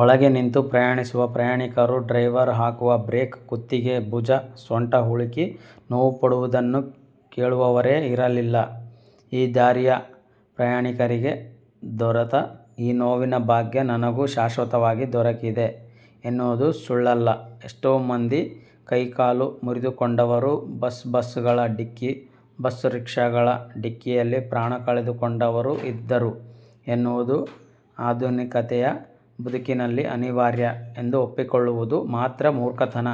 ಒಳಗೆ ನಿಂತು ಪ್ರಯಾಣಿಸುವ ಪ್ರಯಾಣಿಕರು ಡ್ರೈವರ್ ಹಾಕುವ ಬ್ರೇಕ್ಗೆ ಕುತ್ತಿಗೆ, ಭುಜ, ಸೊಂಟ ಉಳುಕಿ ನೋವು ಪಡುವುದನ್ನು ಕೇಳುವವರೇ ಇರಲಿಲ್ಲ. ಈ ದಾರಿಯ ಪ್ರಯಾಣಿಕರಿಗೆ ದೊರೆತ ಈ ನೋವಿನ ಭಾಗ್ಯ ನನಗೂ ಶಾಶ್ವತವಾಗಿ ದೊರಕಿದೆ ಎನ್ನುವುದು ಸುಳ್ಳಲ್ಲ. ಎಷ್ಟೋ ಮಂದಿ ಕೈ ಕಾಲು ಮುರಿದುಕೊಂಡವರೂ, ಬಸ್ಸು ಬಸ್ಸುಗಳ ಢಿಕ್ಕಿ, ಬಸ್ಸು ರಿಕ್ಷಾಗಳ ಢಿಕ್ಕಿಯಲ್ಲಿ ಪ್ರಾಣ ಕಳಕೊಂಡವರೂ ಇದ್ದರು ಎನ್ನುವುದು ಆಧುನಿಕತೆಯ ಬದುಕಿನಲ್ಲಿ ಅನಿವಾರ್ಯ ಎಂದು ಒಪ್ಪಿಕೊಳ್ಳುವುದು ಮಾತ್ರ ಮೂರ್ಖತನ.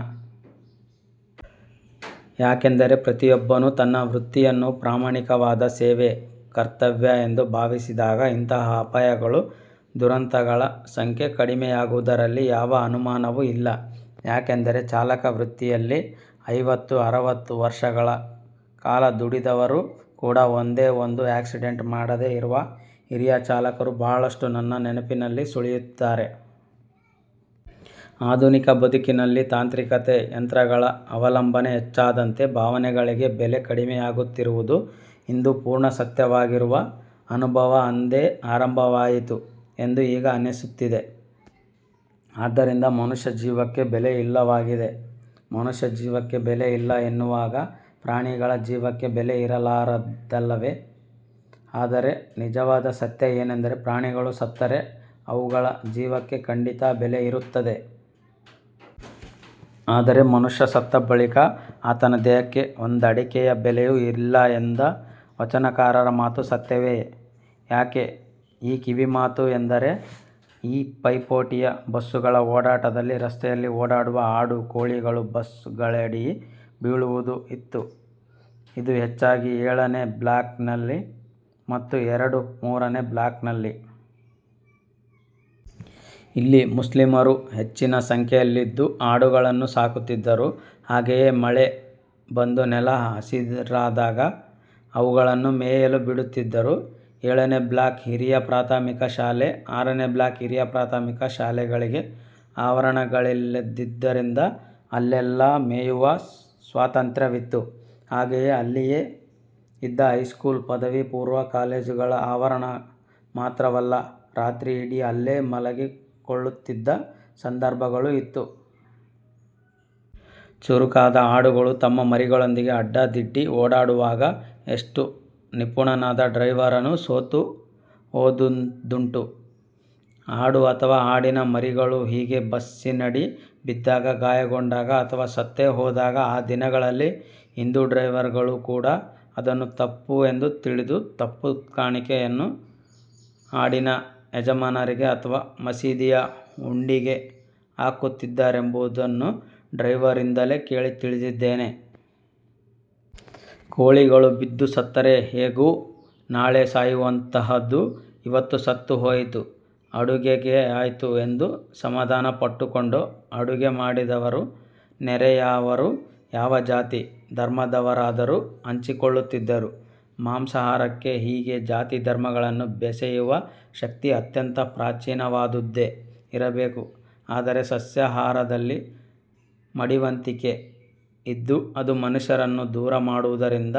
ಯಾಕೆಂದರೆ ಪ್ರತಿಯೊಬ್ಬನೂ ತನ್ನ ವೃತ್ತಿಯನ್ನು ಪ್ರಾಮಾಣಿಕವಾದ ಸೇವೆ, ಕರ್ತವ್ಯ ಎಂದು ಭಾವಿಸಿದಾಗ ಇಂತಹ ಅಪಾಯಗಳು, ದುರಂತಗಳ ಸಂಖ್ಯೆ ಕಡಿಮೆಯಾಗುವುದರಲ್ಲಿ ಯಾವ ಅನುಮಾನವೂ ಇಲ್ಲ. ಯಾಕೆಂದರೆ ಚಾಲಕ ವೃತ್ತಿಯಲ್ಲಿ ಐವತ್ತು, ಅರವತ್ತು ವರ್ಷಗಳ ಕಾಲ ದುಡಿದವರು ಕೂಡಾ ಒಂದೇ ಒಂದು ಆಕ್ಸಿಡೆಂಟ್ ಮಾಡದೆ ಇರುವ ಹಿರಿಯ ಚಾಲಕರು ಬಹಳಷ್ಟು ನನ್ನ ನೆನಪಿನಲ್ಲಿ ಸುಳಿಯುತ್ತಾರೆ. ಆಧುನಿಕ ಬದುಕಿನಲ್ಲಿ ತಾಂತ್ರಿಕತೆ, ಯಂತ್ರಗಳ ಅವಲಂಬನೆ ಹೆಚ್ಚಾದಂತೆ ಭಾವನೆಗಳಿಗೆ ಬೆಲೆ ಕಡಿಮೆಯಾಗುತ್ತಿರುವುದು ಇಂದು ಪೂರ್ಣ ಸತ್ಯವಾಗುತ್ತಿರುವ ಅನುಭವ ಅಂದೇ ಆರಂಭವಾಯಿತು ಎಂದು ಈಗ ಅನ್ನಿಸುತ್ತಿದೆ. ಆದ್ದರಿಂದ ಮನುಷ್ಯ ಜೀವಕ್ಕೆ ಬೆಲೆ ಇಲ್ಲವಾಗಿದೆ. ಮನುಷ್ಯ ಜೀವಕ್ಕೆ ಬೆಲೆ ಇಲ್ಲ ಎನ್ನುವಾಗ ಪ್ರಾಣಿಗಳ ಜೀವಕ್ಕೆ ಬೆಲೆ ಇರಲಾರದಲ್ಲವೇ ಆದರೆ ನಿಜವಾದ ಸತ್ಯ ಏನೆಂದರೆ ಪ್ರಾಣಿಗಳು ಸತ್ತರೆ ಅವುಗಳ ಜೀವಕ್ಕೆ ಖಂಡಿತಾ ಬೆಲೆ ಇರುತ್ತದೆ. ಆದರೆ ಮನುಷ್ಯ ಸತ್ತ ಬಳಿಕ ಆತನ ದೇಹಕ್ಕೆ ಒಂದಡಕೆಯ ಬೆಲೆಯೂ ಇಲ್ಲ ಎಂದ ವಚನಕಾರರ ಮಾತು ಸತ್ಯವೇ ಯಾಕೆ ಈ ಕಿವಿಮಾತು ಎಂದರೆ ಈ ಪೈಪೋಟಿಯ ಬಸ್ಸುಗಳ ಓಡಾಟದಲ್ಲಿ ರಸ್ತೆಯಲ್ಲಿ ಓಡಾಡುವ ಆಡು, ಕೋಳಿಗಳು ಬಸ್ಸುಗಳಡಿ ಬೀಳುವುದೂ ಇತ್ತು. ಇದು ಹೆಚ್ಚಾಗಿ ಏಳನೆ ಬ್ಲಾಕ್ನಲ್ಲಿ ಮತ್ತು ಎರಡು, ಮೂರನೆ ಬ್ಲಾಕ್ನಲ್ಲಿ. ಇಲ್ಲಿ ಮುಸ್ಲಿಮರು ಹೆಚ್ಚಿನ ಸಂಖ್ಯೆಯಲ್ಲಿದ್ದು ಆಡುಗಳನ್ನು ಸಾಕುತ್ತಿದ್ದರು. ಹಾಗೆಯೇ ಮಳೆ ಬಂದು ನೆಲ ಹಸಿರಾದಾಗ ಅವುಗಳನ್ನು ಮೇಯಲು ಬಿಡುತ್ತಿದ್ದರು. ಏಳನೆ ಬ್ಲಾಕ್ನ ಹಿರಿಯ ಪ್ರಾಥಮಿಕ ಶಾಲೆ, ಆರನೆ ಬ್ಲಾಕ್ನ ಹಿರಿಯ ಪ್ರಾಥಮಿಕ ಶಾಲೆಗಳಿಗೆ ಆವರಣಗಳಿಲ್ಲದಿದ್ದುದರಿಂದ ಅಲ್ಲೆಲ್ಲಾ ಮೇಯುವ ಸ್ವಾತಂತ್ತ್ರ್ಯವಿತ್ತು. ಹಾಗೆಯೇ ಅಲ್ಲಿಯೇ ಇದ್ದ ಹೈಸ್ಕೂಲ್, ಪದವಿ ಪೂರ್ವ ಕಾಲೇಜುಗಳ ಆವರಣ ಮಾತ್ರವಲ್ಲ, ರಾತ್ರಿಯಿಡೀ ಅಲ್ಲೇ ಮಲಗಿಕೊಳ್ಳುತ್ತಿದ್ದ ಸಂದರ್ಭಗಳೂ ಇತ್ತು. ಚುರುಕಾದ ಆಡುಗಳು ತಮ್ಮ ಮರಿಗಳೊಂದಿಗೆ ಅಡ್ಡಾದಿಡ್ಡಿ ಓಡಾಡುವಾಗ ಎಷ್ಟು ನಿಪುಣನಾದ ಡ್ರೈವರನೂ ಸೋತು ಹೋದುದುಂಟು. ಆಡು ಅಥವಾ ಆಡಿನ ಮರಿಗಳು ಹೀಗೆ ಬಸ್ಸಿನಡಿ ಬಿದ್ದಾಗ, ಗಾಯಗೊಂಡಾಗ ಅಥವಾ ಸತ್ತೇ ಹೋದಾಗ ಆ ದಿನಗಳಲ್ಲಿ ಹಿಂದೂ ಡ್ರೈವರ್ಗಳು ಕೂಡಾ ಅದನ್ನು ತಪ್ಪು ಎಂದು ತಿಳಿದು 'ತಪ್ಪು ಕಾಣಿಕೆ'ಯನ್ನು ಆಡಿನ ಯಜಮಾನರಿಗೆ ಅಥವಾ ಮಸೀದಿಯ ಹುಂಡಿಗೆ ಹಾಕುತ್ತಿದ್ದರೆಂಬುದನ್ನು ಡ್ರೈವರ್ರಿಂದಲೇ ಕೇಳಿ ತಿಳಿದಿದ್ದೇನೆ. ಕೋಳಿಗಳು ಬಿದ್ದು ಸತ್ತರೆ ಹೇಗೂ ನಾಳೆ ಸಾಯುವಂತಹುದು ಇವತ್ತು ಸತ್ತು ಹೋಯಿತು. ಅಡುಗೆಗಾಯ್ತು ಎಂದು ಸಮಾಧಾನಪಟ್ಟುಕೊಂಡು ಅಡುಗೆ ಮಾಡಿದವರು ನೆರೆಯವರು ಯಾವ ಜಾತಿ, ಧರ್ಮದವರಾದರೂ ಹಂಚಿಕೊಳ್ಳುತ್ತಿದ್ದರು. ಮಾಂಸಾಹಾರಕ್ಕೆ ಹೀಗೆ ಜಾತಿ ಧರ್ಮಗಳನ್ನು ಬೆಸೆಯುವ ಶಕ್ತಿ ಅತ್ಯಂತ ಪ್ರಾಚೀನವಾದುದೇ ಇರಬೇಕು. ಆದರೆ ಸಸ್ಯಾಹಾರದಲ್ಲಿ ಮಡಿವಂತಿಕೆ ಇದ್ದು, ಅದು ಮನುಷ್ಯರನ್ನು ದೂರ ಮಾಡುವುದರಿಂದ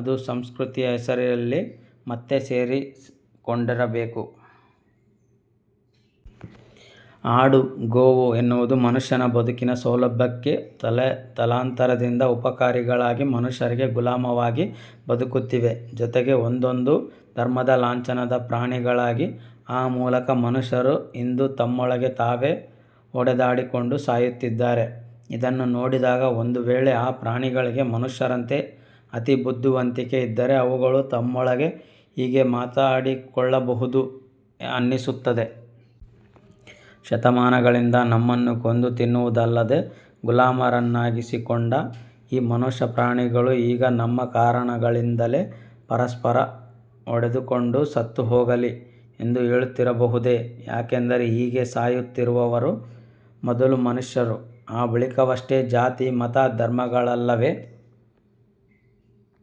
ಅದು ಸಂಸ್ಕೃತಿಯ ಹೆಸರಲ್ಲಿ ಮತ್ತೆ ಸೇರಿಕೊಂಡಿರಬೇಕು. ಆಡು, ಗೋವು ಎನ್ನುವುದು ಮನುಷ್ಯನ ಬದುಕಿನ ಸೌಲಭ್ಯಕ್ಕೆ ತಲೆತಲಾಂತರದಿಂದ ಉಪಕಾರಿಗಳಾಗಿ ಮನುಷ್ಯರಿಗೆ ಗುಲಾಮವಾಗಿ ಬದುಕುತ್ತಿವೆ. ಜೊತೆಗೆ ಒಂದೊಂದು ಧರ್ಮದ ಲಾಂಛನದ ಪ್ರಾಣಿಗಳಾಗಿ ಆ ಮೂಲಕ ಮನುಷ್ಯರು ಇಂದು ತಮ್ಮೊಳಗೆ ತಾವೇ ಹೊಡೆದಾಡಿಕೊಂಡು ಸಾಯುತ್ತಿದ್ದಾರೆ. ಇದನ್ನು ನೋಡಿದಾಗ ಒಂದು ವೇಳೆ ಆ ಪ್ರಾಣಿಗಳಿಗೆ ಮನುಷ್ಯರಂತೆ ಅತೀ ಬುದ್ಧಿವಂತಿಕೆ ಇದ್ದರೆ ಅವುಗಳು ತಮ್ಮೊಳಗೆ ಹೀಗೆ ಮಾತಾಡಿಕೊಳ್ಳಬಹುದು ಅನ್ನಿಸುತ್ತದೆ. ''ಶತಮಾನಗಳಿಂದ ನಮ್ಮನ್ನು ಕೊಂದು ತಿನ್ನುವುದಲ್ಲದೆ, ಗುಲಾಮರನ್ನಾಗಿಸಿಕೊಂಡ ಈ ಮನುಷ್ಯ ಪ್ರಾಣಿಗಳು ಈಗ ನಮ್ಮ ಕಾರಣಗಳಿಂದಲೇ ಪರಸ್ಪರ ಹೊಡೆದುಕೊಂಡು ಸತ್ತು ಹೋಗಲಿ'' ಎಂದು ಹೇಳುತ್ತಿರಬಹುದೇ ಯಾಕೆಂದರೆ ಹೀಗೆ ಸಾಯುತ್ತಿರುವವರು ಮೊದಲು ಮನುಷ್ಯರು, ಆ ಬಳಿಕವಷ್ಟೇ ಜಾತಿ, ಮತ, ಧರ್ಮಗಳಲ್ಲವೇ.